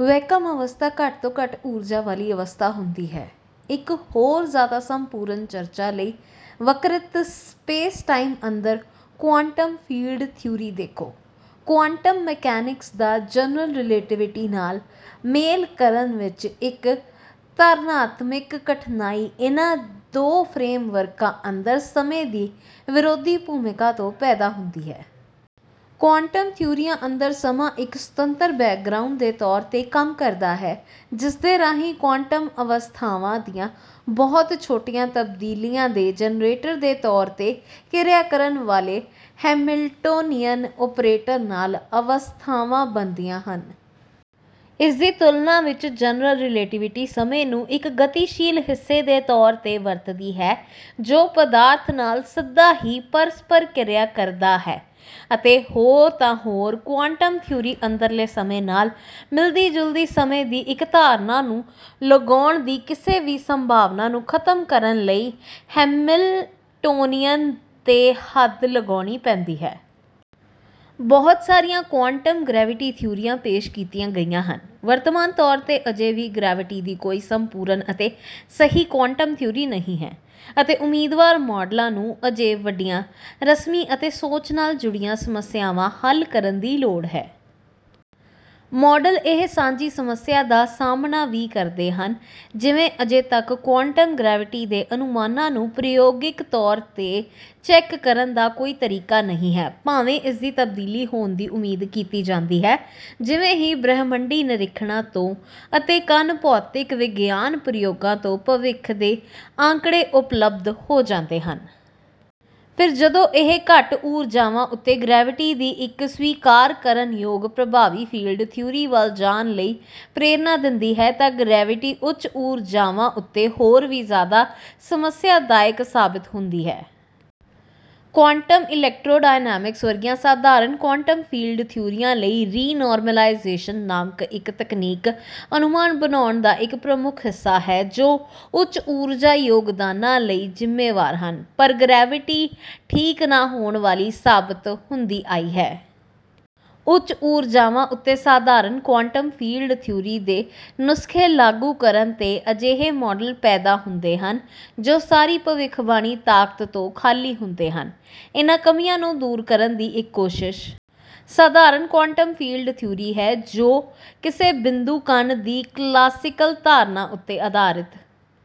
Vacuum ਅਵਸਥਾ ਘੱਟ ਤੋਂ ਘੱਟ ਊਰਜਾ ਵਾਲੀ ਅਵਸਥਾ ਹੁੰਦੀ ਹੈ। ਇੱਕ ਹੋਰ ਜਿਆਦਾ ਸੰਪੂਰਨ ਚਰਚਾ ਲਈ ਵਕਰਿਤ ਸਪੇਸਟਾਈਮ ਅੰਦਰ ਕੁਆਂਟਮ ਫੀਲਡ ਥਿਊਰੀ ਦੇਖੋ। ਕੁਆਂਟਮ ਮਕੈਨਿਕਸ ਦਾ ਜਨਰਲ ਰਿਲੇਟੀਵਿਟੀ ਨਾਲ ਮੇਲ ਕਰਨ ਵਿੱਚ ਇੱਕ ਧਾਰਨਾਤਮਿਕ ਕਠਿਨਾਈ ਇਹਨਾਂ ਦੋ ਫ੍ਰੇਮਵਰਕਾਂ ਅੰਦਰ ਸਮੇਂ ਦੀ ਵਿਰੋਧੀ ਭੂਮਿਕਾ ਤੋਂ ਪੈਦਾ ਹੁੰਦੀ ਹੈ। ਕੁਆਂਟਮ ਥਿਊਰੀਆਂ ਅੰਦਰ ਸਮਾਂ ਇੱਕ ਸੁਤੰਤਰ ਬੈਕਗ੍ਰਾਊਂਡ ਦੇ ਤੌਰ ਤੇ ਕੰਮ ਕਰਦਾ ਹੈ ਜਿਸਦੇ ਰਾਹੀਂ ਕੁਆਂਟਮ ਅਵਸਥਾਵਾਂ ਦੀਆਂ ਬਹੁਤ ਛੋਟੀਆਂ ਤਬਦੀਲੀਆਂ ਦੇ ਜਨਰੇਟਰ ਦੇ ਤੌਰ ਤੇ ਕ੍ਰਿਆ ਕਰਨ ਵਾਲੇ ਹੈਮਿਲਟੋਨੀਅਨ ਓਪਰੇਟਰ ਨਾਲ ਅਵਸਥਾਵਾਂ ਬਣਦੀਆਂ ਹਨ। ਇਸਦੀ ਤੁਲਨਾ ਵਿੱਚ ਜਨਰਲ ਰਿਲੇਟੀਵਿਟੀ ਸਮੇਂ ਨੂੰ ਇੱਕ ਗਤੀਸ਼ੀਲ ਹਿੱਸੇ ਦੇ ਤੌਰ ਤੇ ਵਰਤਦੀ ਹੈ ਜੋ ਪਦਾਰਥ ਨਾਲ ਸਿੱਧਾ ਹੀ ਪਰਸਪਰ ਕ੍ਰਿਆ ਕਰਦਾ ਹੈ ਅਤੇ ਹੋਰ ਤਾਂ ਹੋਰ ਕੁਆਂਟਮ ਥਿਊਰੀ ਅੰਦਰਲੇ ਸਮੇਂ ਨਾਲ ਮਿਲਦੀ ਜੁਲਦੀ ਸਮੇਂ ਦੀ ਇੱਕ ਧਾਰਨਾ ਨੂੰ ਲਗਾਉਣ ਦੀ ਕਿਸੇ ਵੀ ਸੰਭਾਵਨਾ ਨੂੰ ਖਤਮ ਕਰਨ ਲਈ ਹੈਮਿਲਟੋਨੀਅਨ ਤੇ ਹੱਦ ਲਗਾਉਣੀ ਪੈਂਦੀ ਹੈ। ਬਹੁਤ ਸਾਰੀਆਂ ਕੁਆਂਟਮ ਗਰੈਵਿਟੀ ਥਿਊਰੀਆਂ ਪੇਸ਼ ਕੀਤੀਆਂ ਗਈਆਂ ਹਨ। ਵਰਤਮਾਨ ਤੌਰ ਤੇ ਅਜੇ ਵੀ ਗਰੈਵਿਟੀ ਦੀ ਕੋਈ ਸੰਪੂਰਨ ਅਤੇ ਸਹੀ ਕੁਆਂਟਮ ਥਿਊਰੀ ਨਹੀਂ ਹੈ ਅਤੇ ਉਮੀਦਵਾਰ ਮਾਡਲਾਂ ਨੂੰ ਅਜੇ ਵੱਡੀਆਂ ਰਸਮੀ ਅਤੇ ਸੋਚ ਨਾਲ ਜੁੜੀਆਂ ਸਮੱਸਿਆਵਾਂ ਹੱਲ ਕਰਨ ਦੀ ਲੋੜ ਹੈ। ਮਾਡਲ ਇਹ ਸਾਂਝੀ ਸਮੱਸਿਆ ਦਾ ਸਾਹਮਣਾ ਵੀ ਕਰਦੇ ਹਨ ਕਿ ਜਿਵੇਂ ਅਜੇ ਤੱਕ ਕੁਆਂਟਮ ਗਰੈਵਿਟੀ ਦੇ ਅਨੁਮਾਨਾਂ ਨੂੰ ਪ੍ਰਯੋਗਿਕ ਤੌਰ ਤੇ ਚੈੱਕ ਕਰਨ ਦਾ ਕੋਈ ਤਰੀਕਾ ਨਹੀਂ ਹੈ ਭਾਵੇਂ ਇਸ ਦੀ ਤਬਦੀਲੀ ਹੋਣ ਦੀ ਉਮੀਦ ਕੀਤੀ ਜਾਂਦੀ ਹੈ ਜਿਵੇਂ ਹੀ ਬ੍ਰਹਿਮੰਡੀ ਨਿਰੀਖਣਾਂ ਤੋਂ ਅਤੇ ਕਣ ਭੌਤਿਕ ਵਿਗਿਆਨ ਪ੍ਰਯੋਗਾਂ ਤੋਂ ਭਵਿੱਖ ਦੇ ਆਂਕੜੇ ਉਪਲਬਧ ਹੋ ਜਾਂਦੇ ਹਨ। ਫਿਰ ਜਦੋਂ ਇਹ ਘੱਟ ਊਰਜਾਵਾਂ ਉੱਤੇ ਗਰੈਵਿਟੀ ਦੀ ਇੱਕ ਸਵੀਕਾਰ ਕਰਨ ਯੋਗ ਪ੍ਰਭਾਵੀ ਫੀਲਡ ਥਿਊਰੀ ਵੱਲ ਜਾਣ ਲਈ ਪ੍ਰੇਰਣਾ ਦਿੰਦਾ ਹੈ ਤਾਂ ਗਰੈਵਿਟੀ ਉੱਚ ਊਰਜਾਵਾਂ ਉੱਤੇ ਹੋਰ ਵੀ ਜਿਆਦਾ ਸਮੱਸਿਆਦਾਇਕ ਸਾਬਤ ਹੁੰਦੀ ਹੈ। ਕੁਆਂਟਮ ਇਲੈਕਟ੍ਰੋਡਾਇਨਾਮਿਕਸ ਵਰਗੀਆਂ ਸਧਾਰਨ ਕੁਆਂਟਮ ਫੀਲਡ ਥਿਊਰੀਆਂ ਲਈ ਰੀਨੌਰਮਲਾਇਜ਼ੇਸ਼ਨ ਨਾਮਕ ਇੱਕ ਤਕਨੀਕ ਅਨੁਮਾਨ ਬਣਾਉਣ ਦਾ ਇੱਕ ਪ੍ਰਮੁੱਖ ਹਿੱਸਾ ਹੈ ਜੋ ਉੱਚ ਊਰਜਾ ਯੋਗਦਾਨਾਂ ਲਈ ਜਿੰਮੇਵਾਰ ਹਨ ਪਰ ਗਰੈਵਿਟੀ ਠੀਕ ਨਾ ਹੋਣ ਵਾਲੀ ਸਾਬਤ ਹੁੰਦੀ ਆਈ ਹੈ। ਉੱਚ ਊਰਜਾਵਾਂ ਉੱਤੇ ਸਧਾਰਨ ਕੁਆਂਟਮ ਫੀਲਡ ਥਿਊਰੀ ਦੇ ਨੁਸਖੇ ਲਾਗੂ ਕਰਨ ਤੇ ਅਜਿਹੇ ਮਾਡਲ ਪੈਦਾ ਹੁੰਦੇ ਹਨ ਜੋ ਸਾਰੀ ਭਵਿੱਖਬਾਣੀ ਤਾਕਤ ਤੋਂ ਖਾਲੀ ਹੁੰਦੇ ਹਨ। ਇਹਨਾਂ ਕਮੀਆਂ ਨੂੰ ਦੂਰ ਕਰਨ ਦੀ ਇੱਕ ਕੋਸ਼ਿਸ਼ ਸਧਾਰਨ ਕੁਆਂਟਮ ਫੀਲਡ ਥਿਊਰੀ ਹੈ ਜੋ ਕਿਸੇ ਬਿੰਦੂ ਕਣ ਦੀ ਕਲਾਸੀਕਲ ਧਾਰਨਾ ਉੱਤੇ ਅਧਾਰਿਤ